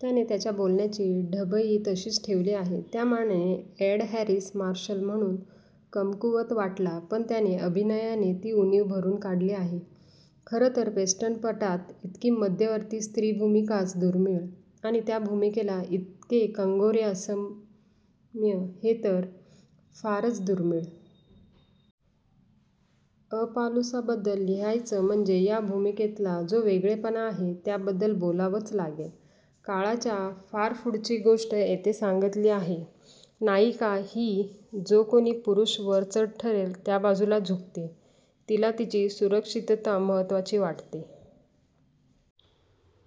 त्याने त्याच्या बोलण्याची ढबही तशीच ठेवली आहे. त्यामानाने एड हॅरीस मार्शल म्हणुन कमकुवत वाटला पण त्याने अभिनयाने ती उणीव भरुन काढली आहे. खरं तर वेस्टर्नपटात इतकी मध्यवर्ती स्त्रीभूमिकाच दुर्मिळ आणि त्या भूमिकेला इतके कंगोरे असण्म हे तर फारच दुर्मिळ. अपालूसा बद्दल लिहायचं म्हणजे या भूमिकेतला जो वेगळेपणा आहे त्याबद्दल बोलावंच लागेल. काळाच्या फार पुढची गोष्ट येथे सांगितली आहे. नायिका ही जो कुणी पुरुष वरचढ ठरेल त्याबाजूला झुकते. तिला तिची सुरक्षितता महत्त्वाची वाटते.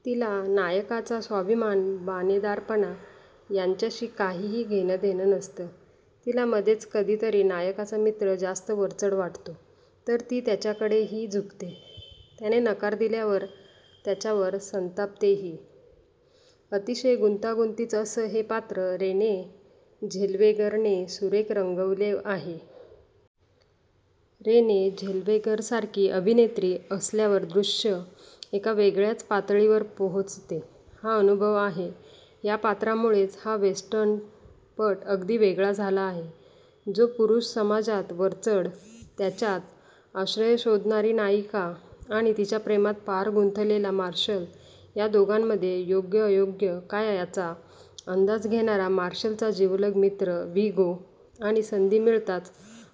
तिला नायकाचा स्वाभिमान, बाणेदारपणा यांच्याशी काहीही घेणंदेणं नसतं. तिला मध्येच कधितरी नायकाचा मित्र जास्त वरचढ वाटतो तर ती त्याच्याकडेही झुकते. त्याने नकार दिल्यावर त्याच्यावर संतापतेही. अतिशय गुंतागुंतीचं असं हे पात्र रेने झेल्वेगरने सुरेख रंगवले आहे. रेने झेल्वेगरसारखी अभिनेत्री असल्यावर दृश्य एका वेगळ्याच पातळीवर पोहोचते हा अनुभव आहे. या पात्रामुळेच हा वेस्टर्नपट अगदी वेगळा झाला आहे. जो पुरुष समाजात वरचढ त्याच्यात आश्रय शोधणारी नायिका आणि तिच्या प्रेमात पार गुंतलेला मार्शल या दोघांमध्ये योग्य अयोग्य काय याचा अंदाज घेणारा मार्शलचा जिवलग मित्र व्हीगो आणि संधी मिळताच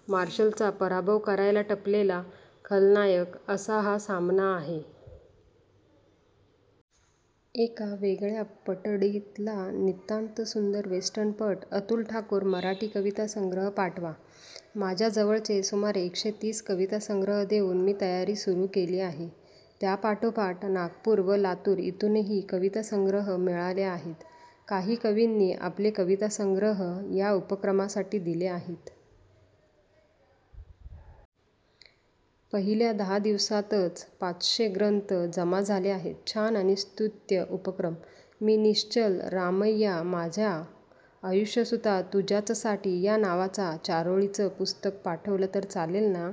मार्शलचा पराभव करायला टपलेला खलनायक असा हा सामना आहे. एका वेगळ्या पठडीतला नितांतसुंदर वेस्टर्नपट. अतुल ठाकुर मराठी कविता संग्रह पाठवा माझ्या जवळचे सुमारे एकशे तीस कविता संग्रह देऊन मी तयारी सुरु केली आहे. त्यापाठोपाठ नागपुर व लातुर इथुनही कवितासंग्रह मिळाले आहेत. काही कवींनी आपले कवितासंग्रह या उपक्रमासाठी दिले आहेत. पहिल्या दहा दिवसांतच पाचशे ग्रंथ जमा झाले आहेत. छान आणि स्तुत्य उपक्रम. मी निश्चल रामैया माझा आयुष्यसुता तुझ्याचसाठी या नावाचा चारोळीच पुस्तक पाठवल तर चालेल ना!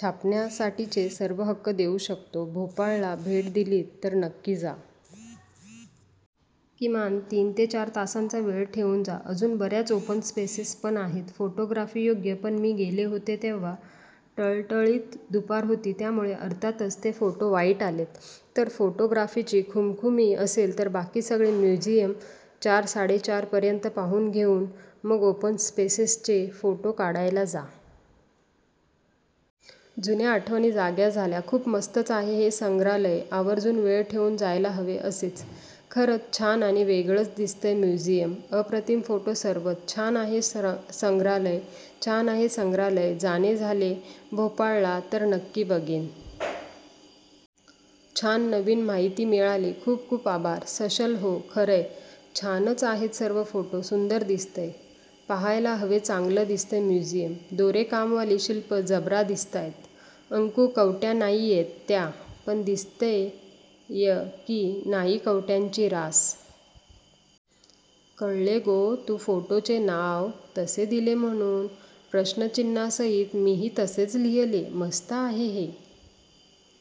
छापण्यासाठीचे सर्व हक्क देऊ शकतो. भोपाळला भेट दिलीत तर नक्की जा. किमान तीन ते चार तासांचा वेळ ठेवून जा. अजून बर्याच ओपन स्पेसेस पण आहेत फोटोग्राफीयोग्य पण मी गेले होते तेव्हा टळटळीत दुपार होती त्यामुळे अर्थातच ते फोटो वाईट आलेत. तर फोटोग्राफीची खुमखुमी असेल तर बाकी सगळे म्युझियम चार साडेचार पर्यंत पाहून घेऊन मग ओपन स्पेसेसचे फोटो काढायला जा. जुन्या आठवणी जाग्या झाल्या. खूप मस्तच आहे हे संग्रहालय आवर्जून वेळ ठेवून जायला हवे असेच. खरच छान आणि वेगळच दिसतय म्युझियम. अप्रतिम फोटो सर्वच. छान आहे संग्रहालय. छान आहे संग्रहालय! जाणे झाले भोपाळला तर नक्की बघेन. छान नवीन माहिती मिळाली. खूप खूप आभार. सशल, हो. खरंय. छानच आहेत सर्व फोटो. सुंदर दिसतंय, पहायला हवेचांगलं दिसतंय म्युझियम. दोरे काम वाली शिल्प जबरा दिसतायत. अंकु, कवट्या नाहीयेत त्या. पण दिसतेय की नाही कवट्यांची रास? कळले गो. तु फोटोचे नाव तसे दिले म्हणुन प्रश्नचिन्हासहित मी ही तसेच लिहले. मस्त आहे हे!